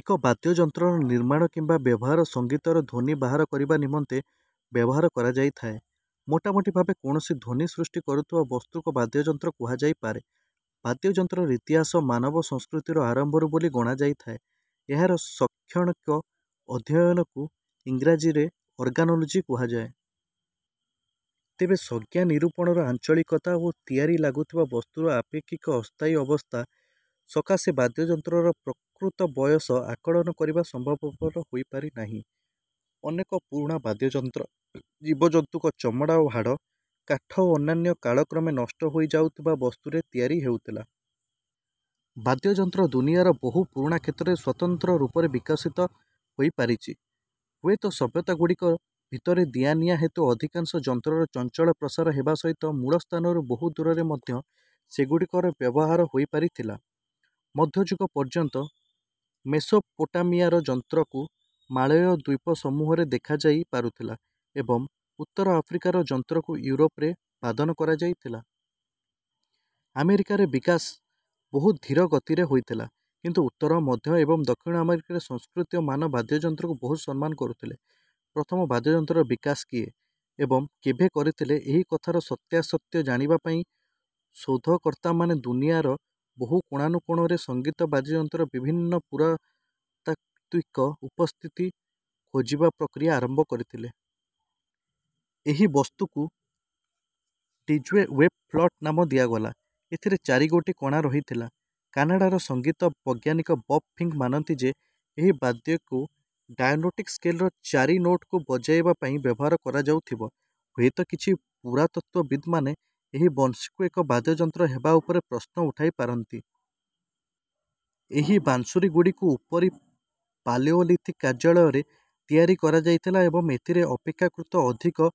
ଏକ ବାଦ୍ୟଯନ୍ତ୍ରର ନିର୍ମାଣ କିମ୍ବା ବ୍ୟବହାର ସଙ୍ଗୀତର ଧ୍ୱନି ବାହାର କରିବା ନିମନ୍ତେ ବ୍ୟବହାର କରାଯାଇଥାଏ। ମୋଟାମୋଟି ଭାବେ କୌଣସି ଧ୍ୱନି ସୃଷ୍ଟି କରୁଥିବା ବସ୍ତୁକୁ ବାଦ୍ୟଯନ୍ତ୍ର କୁହାଯାଇପାରେ। ବାଦ୍ୟଯନ୍ତ୍ରର ଇତିହାସ ମାନବ ସଂସ୍କୃତିର ଆରମ୍ଭରୁ ବୋଲି ଗଣାଯାଇଥାଏ। ଏହାର ଶୈକ୍ଷଣିକ ଅଧ୍ୟୟନକୁ ଇଂରାଜୀରେ ଅର୍ଗାନୋଲୋଜି କୁହାଯାଏ। ତେବେ ସଂଜ୍ଞା ନିରୂପଣର ଆଞ୍ଚଳିକତା ଓ ତିଆରି ଲାଗୁଥିବା ବସ୍ତୁର ଆପେକ୍ଷିକ ଅସ୍ଥାୟୀ ଅବସ୍ଥା ସକାଶେ ବାଦ୍ୟଯନ୍ତ୍ରର ପ୍ରକୃତ ବୟସ ଆକଳନ କରିବା ସମ୍ଭବପର ହୋଇପାରିନାହିଁ। ଅନେକ ପୁରୁଣା ବାଦ୍ୟଯନ୍ତ୍ର ଜୀବଜନ୍ତୁଙ୍କ ଚମଡ଼ା ଓ ହାଡ଼, କାଠ ଓ ଅନ୍ୟାନ୍ୟ କାଳକ୍ରମେ ନଷ୍ଟ ହୋଇଯାଉଥିବା ବସ୍ତୁରେ ତିଆରି ହେଉଥିଲା। ବାଦ୍ୟଯନ୍ତ୍ର ଦୁନିଆର ବହୁ ପୁରୁଣା କ୍ଷେତ୍ରରେ ସ୍ୱତନ୍ତ୍ର ରୂପରେ ବିକାଶିତ ହୋଇପାରିଛି। ହୁଏତ ସଭ୍ୟତାଗୁଡ଼ିକ ଭିତରେ ଦିଆନିଆ ହେତୁ ଅଧିକାଂଶ ଯନ୍ତ୍ରର ଚଞ୍ଚଳ ପ୍ରସାର ହେବା ସହିତ ମୂଳ ସ୍ଥାନରୁ ବହୁ ଦୂରରେ ମଧ୍ୟ ସେଗୁଡ଼ିକର ବ୍ୟବହାର ହୋଇପାରିଥିଲା। ମଧ୍ୟଯୁଗ ପର୍ଯ୍ୟନ୍ତ ମେସୋପୋଟାମିଆର ଯନ୍ତ୍ରକୁ ମାଳୟ ଦ୍ୱୀପସମୂହରେ ଦେଖାଯାଇ ପାରୁଥିଲା ଏବଂ ଉତ୍ତର ଆଫ୍ରିକାର ଯନ୍ତ୍ରକୁ ୟୁରୋପରେ ବାଦନ କରାଯାଇଥିଲା। ଆମେରିକାରେ ବିକାଶ ବହୁ ଧୀର ଗତିରେ ହୋଇଥିଲା କିନ୍ତୁ ଉତ୍ତର, ମଧ୍ୟ ଏବଂ ଦକ୍ଷିଣ ଆମେରିକାର ସଂସ୍କୃତିମାନ ବାଦ୍ୟଯନ୍ତ୍ରକୁ ବହୁ ସମ୍ମାନ କରୁଥିଲେ। ପ୍ରଥମ ବାଦ୍ୟଯନ୍ତ୍ରର ବିକାଶ କିଏ ଏବଂ କେବେ କରିଥିଲେ, ଏହି କଥାର ସତ୍ୟାସତ୍ୟ ଜାଣିବା ପାଇଁ ଶୋଧକର୍ତ୍ତାମାନେ ଦୁନିଆର ବହୁ କୋଣାନୁକୋଣରେ ସଙ୍ଗୀତ ବାଦ୍ୟଯନ୍ତ୍ରର ବିଭିନ୍ନ ପୁରାତାତ୍ତ୍ୱିକ ଉପସ୍ଥିତି ଖୋଜିବା ପ୍ରକ୍ରିୟା ଆରମ୍ଭ କରିଥିଲେ। ଏହି ବସ୍ତୁକୁ ଡିଜ୍ୱେ ୱେବ ଫ୍ଲୂଟ ନାମ ଦିଆଗଲା, ଏଥିରେ ଚାରିଗୋଟି କଣା ରହିଥିଲା। କାନାଡ଼ାର ସଙ୍ଗୀତ ବୈଜ୍ଞାନିକ ବବ ଫିଙ୍କ ମାନନ୍ତି ଯେ, ଏହି ବାଦ୍ୟକୁ ଡାୟାଟୋନିକ ସ୍କେଲର ଚାରି ନୋଟକୁ ବଜାଇବା ପାଇଁ ବ୍ୟବହାର କରାଯାଉଥିବ। ହୁଏତ, କିଛି ପୁରାତତ୍ତ୍ୱବିଦମାନେ ଏହି ବଂଶୀକୁ ଏକ ବାଦ୍ୟଯନ୍ତ୍ର ହେବା ଉପରେ ପ୍ରଶ୍ନ ଉଠାଇ ପାରନ୍ତି। ଏହି ବାଂଶୁରୀଗୁଡ଼ିକୁ ଉପରୀ ପାଲେଓଲିଥିକ କାର୍ଯ୍ୟାଳୟରେ ତିଆରି କରାଯାଇଥିଲା ଏବଂ ଏଥିରେ ଅପେକ୍ଷାକୃତ ଅଧିକ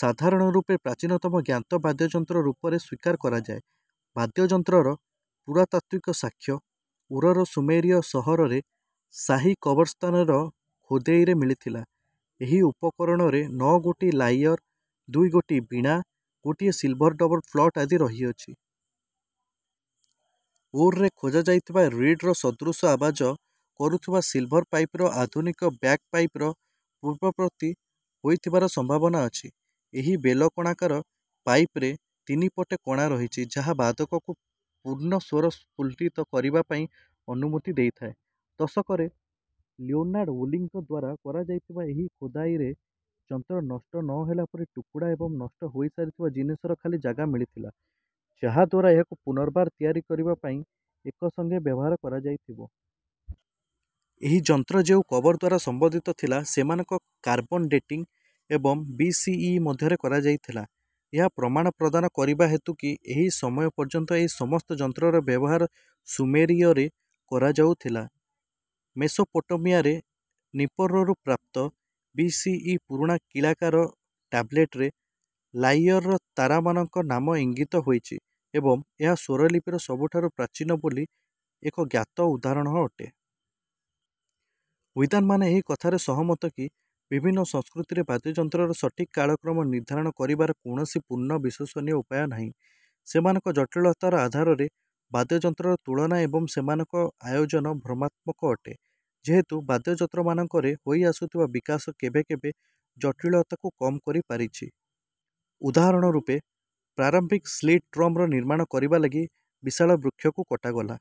ସାଧାରଣ ରୂପେ ପ୍ରାଚୀନତମ ଜ୍ଞାତ ବାଦ୍ୟଯନ୍ତ୍ର ରୂପରେ ସ୍ୱୀକାର କରାଯାଏ। ବାଦ୍ୟଯନ୍ତ୍ରର ପୁରାତାତ୍ତ୍ୱିକ ସାକ୍ଷ, ଉରର ସୁମେରୀୟ ସହରରେ ଶାହୀ କବରସ୍ଥାନର ଖୋଦେଇରେ ମିଳିଥିଲା। ଏହି ଉପକରଣରେ ନଅ ଗୋଟି ଲାଇଅର, ଦୁଇ ଗୋଟି ବୀଣା, ଗୋଟିଏ ସିଲଭର ଡବଲ ଫ୍ଲୂଟ ଆଦି ରହିଅଛି। ଉରରେ ଖୋଜା ଯାଇଥିବା ରୀଡର ସଦୃଶ ଆବାଜ କରୁଥିବା ସିଲଭର ପାଇପର ଆଧୁନିକ ବ୍ୟାଗପାଇପର ପୂର୍ବବର୍ତ୍ତୀ ହୋଇଥିବାର ସମ୍ଭାବନା ଅଛି। ଏହି ବେଲଣାକାର ପାଇପରେ ତିନି ପଟେ କଣା ରହିଛି ଯାହା ବାଦକକୁ ପୂର୍ଣ୍ଣ ସ୍ୱର ସ୍ଫୁଲିତ କରିବା ପାଇଁ ଅନୁମତି ଦେଇଥାଏ। ଦଶକରେ ଲିଓନାର୍ଡ ୱୁଲିଙ୍କ ଦ୍ୱାରା କରାଯାଇଥିବା ଏହି ଖୋଦାଇରେ ଯନ୍ତ୍ର ନଷ୍ଟ ନ ହେଲାପରି ଟୁକୁଡ଼ା ଏବଂ ନଷ୍ଟ ହୋଇସାରିଥିବା ଜିନିଷର ଖାଲି ଜାଗା ମିଳିଥିଲା, ଯାହାଦ୍ୱାରା ଏହାକୁ ପୁନର୍ବାର ତିଆରି କରିବା ପାଇଁ ଏକସଙ୍ଗେ ବ୍ୟବହାର କରାଯାଇଥିବ। ଏହି ଯନ୍ତ୍ର ଯେଉଁ କବର ଦ୍ୱାରା ସମ୍ବନ୍ଧିତ ଥିଲା ସେମାନଙ୍କ କାର୍ବନ ଡେଟିଙ୍ଗ ଏବଂ ବି ସି ଇ ମଧ୍ୟରେ କରାଯାଇଥିଲା, ଏହା ପ୍ରମାଣ ପ୍ରଦାନ କରିବା ହେତୁ କି ଏହି ସମୟ ପର୍ଯ୍ୟନ୍ତ ଏ ସମସ୍ତ ଯନ୍ତ୍ରର ବ୍ୟବହାର ସୁମେରୀୟରେ କରାଯାଉଥିଲା। ମେସୋପୋଟାମିଆରେ ନିପ୍ପୁରରୁ ପ୍ରାପ୍ତ, ବି ସି ଇ ପୁରୁଣା କୀଲାକାର ଟାବଲେଟରେ ଲାଇଅରର ତାରମାନଙ୍କ ନାମ ଇଙ୍ଗିତ ହୋଇଛି ଏବଂ ଏହା ସ୍ୱରଲିପିର ସବୁଠାରୁ ପ୍ରାଚୀନ ବୋଲି ଏକ ଜ୍ଞାତ ଉଦାହରଣ ଅଟେ। ବିଦ୍ୱାନମାନେ ଏହି କଥାରେ ସହମତ କି, ବିଭିନ୍ନ ସଂସ୍କୃତିରେ ବାଦ୍ୟଯନ୍ତ୍ରର ସଠିକ କାଳକ୍ରମ ନିର୍ଦ୍ଧାରଣ କରିବାର କୌଣସି ପୂର୍ଣ୍ଣ ବିଶ୍ୱସନୀୟ ଉପାୟ ନାହିଁ। ସେମାନଙ୍କ ଜଟିଳତାର ଆଧାରରେ ବାଦ୍ୟଯନ୍ତ୍ରର ତୁଳନା ଏବଂ ସେମାନଙ୍କ ଆୟୋଜନ ଭ୍ରମାତ୍ମକ ଅଟେ, ଯେହେତୁ ବାଦ୍ୟଯନ୍ତ୍ରମାନଙ୍କରେ ହୋଇଆସୁଥିବା ବିକାଶ କେବେ କେବେ ଜଟିଳତାକୁ କମ କରିପାରିଛି। ଉଦାହରଣ ରୂପେ, ପ୍ରାରମ୍ଭିକ ସ୍ଲିଟ ଡ୍ରମର ନିର୍ମାଣ କରିବା ଲାଗି ବିଶାଳ ବୃକ୍ଷକୁ କଟାଗଲା।